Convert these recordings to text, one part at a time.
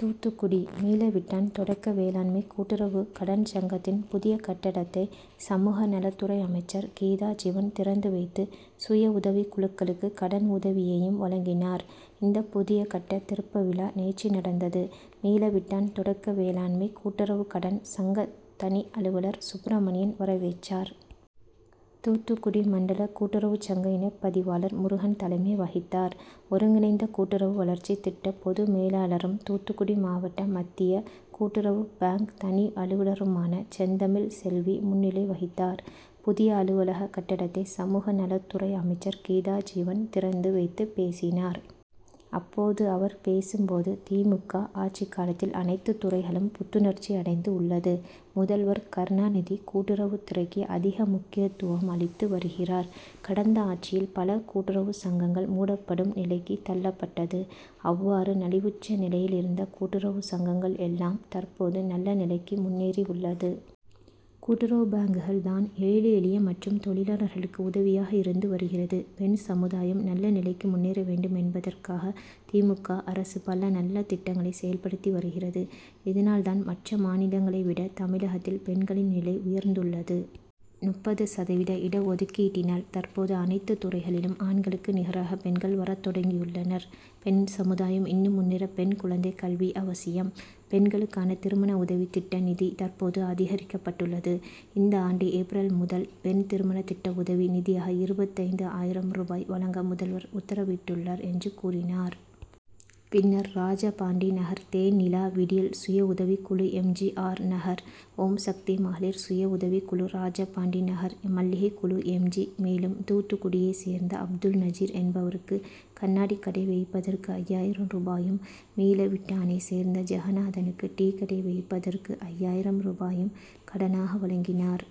தூத்துக்குடி: மீளவிட்டான் தொட க்க வேளாண்மை கூட்டுறவு கடன் சங்கத்தின் புதிய கட்டடத்தை சமூக நலத்துறை அமைச்சர் கீதாஜீவன் திறந்து வைத்து சுய உதவி குழுக்களுக்கு கடன் உதவியையும் வழங்கினார். இந்த புதிய கட்ட திறப்பு விழா நேற்று நடந்தது. மீளவிட்டான் தொடக்க வேளாண்மை கூட்டுறவு கடன் சங்க தனி அலுவலர் சுப்பிரமணியன் வரவேற்றார். தூத்துக்குடி மண்டல கூட்டுறவு சங்க இணைப்பதிவாளர் முருகன் தலைமை வகித்தார். ஒருங்கிணைந்த கூட்டுறவு வளர்ச்சி திட்ட பொதுமேலாளரும் தூத்துக்குடி மாவட்ட மத்திய கூட்டுறவு பாங்க் தனி அலுவலருமான செந்தமிழ் செல்வி முன்னிலை வகித்தார். புதிய அலுவலக கட்டடத்தை சமூக நலத்துறை அமைச்சர் கீதாஜீவன் திறந்து வைத்து பேசினார். அப்போது அவர் பேசும்போது திமுக. ஆட்சி காலத்தில் அனைத்து துறைகளும் புத்துணர்ச்சி அடைந்து உள்ளது. முதல்வர் கருணாநிதி கூட்டுறவு துறைக்கு அதிக முக்கியத்துவம் அளித்து வருகிறார். கடந்த ஆட்சியில் பல கூட்டுறவு சங்கங்கள் மூடப்படும் நிலைக்கு தள்ளப்பட்டது. அவ்வாறு நலிவுற்ற நிலையில் இருந்த கூட்டுறவு சங்கங்கள் எல்லாம் தற்போது நல்ல நிலைக்கு முன்னேறி உள்ளது. கூட்டுறவு பாங்குகள் தான் ஏழை எளிய மற்றும் தொழிலாளர்களுக்கு உதவியாக இருந்து வருகிறது. பெண் சமுதாயம் நல்ல நிலைக்கு முன்னேற வேண்டும் என்பதற்காக திமுக. அரசு பல நல்ல திட்டங்களை செயல்படுத்தி வருகிறது. இதனால் தான் மற்ற மாநிலங்களை விட தமிழகத்தில் பெண்களின் நிலை உயர்ந்துள்ளது. முப்பது சதவீத இடஒதுக்கீட்டினால் தற்போது அனைத்து துறைகளிலும் ஆண்களுக்கு நிகராக பெண்கள் வரத்தொடங்கியுள்ளனர். பெண் சமுதாயம் இன்னும் முன்னேற பெண் குழந்தை கல்வி அவசியம். பெண்களுக்கான திருமண உதவி திட்ட நிதி தற்போது அதிகரிக்கப்பட்டுள்ளது. இந்தாண்டு ஏப்ரல் முதல் பெண் திருமண திட்ட உதவி நிதியாக இருபத்தைந்து ஆயிரம் ரூபாய் வழங்க முதல்வர் உத்தரவிட்டுள்ளார் என்று கூறினார். பின்னர் ராஜபாண்டி நகர் தேன்நிலா விடியல் சுய உதவி குழு M. G. R. Nagar Omsakthi மகளிர் சுய உதவி குழு ராஜபாண்டி நகர் மல்லிகை குழு எம். ஜி. மேலும் தூத்துக்குடியை சேர்ந்த அப்துல் நஜீர் என்பவருக்கு கண்ணாடி கடை வைப்பதற்கு ஐயாயிரம் ரூபாயும் மீளவிட்டானை சேர்ந்த ஜெகநாதனுக்கு டீ கடை வைப்பதற்கு ஐயாயிரம் ரூபாயையும் கடனாக வழங்கினார்.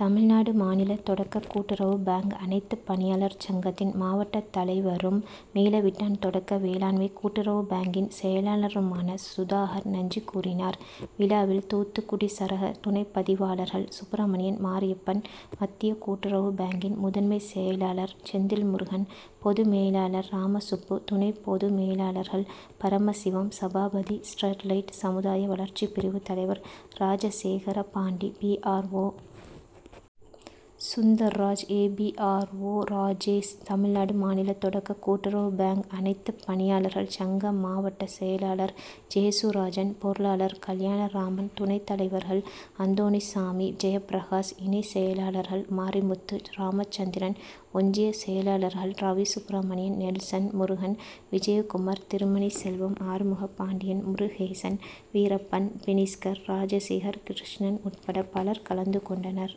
தமிழ்நாடு மாநில தொடக்க கூட்டுறவு பாங்க் அனைத்து பணியாளர் சங்கத்தின் மாவட்ட தலைவரும் மீளவிட்டான் தொடக்க வேளா ண்மை கூட்டுறவு பாங்க்கின் செயலாளருமான சுதாகர் நன்றி கூறினார். விழாவில் தூத்துக்குடி சரக துணைப்பதிவாளர்கள் சுப்பிரமணியன் மாரியப்பன் மத்திய கூட்டுறவு பாங்கின் முதன்மை செயலாளர் செந்தில்முருகன் பொதுமேலாளர் ராமசுப்பு துணை பொதுமேலாளர்கள் பரமசிவம் சபாபதி ஸ்டெர்லைட் சமுதாய வளர்ச்சி பிரிவு தலைவர் ராஜசேகரபாண்டி பிஆர்ஓ. சுந்தர்ராஜ் ஏபிஆர்ஓ. ராஜேஷ் தமிழ்நாடு மாநில தொடக்க கூட்டுறவு பாங்க் அனைத்துப்பணியாளர்கள் சங்க மாவட்ட செயலாளர் ஜேசுராஜன் பொருளாளர் கல்யாணராமன் துணைத்தலைவர்கள் அந்தோணிசாமி ஜெயபிரகாஷ் இணைச் செயலாளர்கள் மாரிமுத்து ராமச்சந்திரன் ஒன்றிய செயலாளர்கள் ரவிசுப்பிரமணியன் நெல்சன் முருகன் விஜயகுமார் திருமணிச் செல்வம் ஆறுமுகபாண்டியன் முருகேசன் வீரப்பன் பெனிஸ்கர் ராஜசேகர் கிருஷ்ணன் உட்பட பலர் கலந்து கொண்டனர்.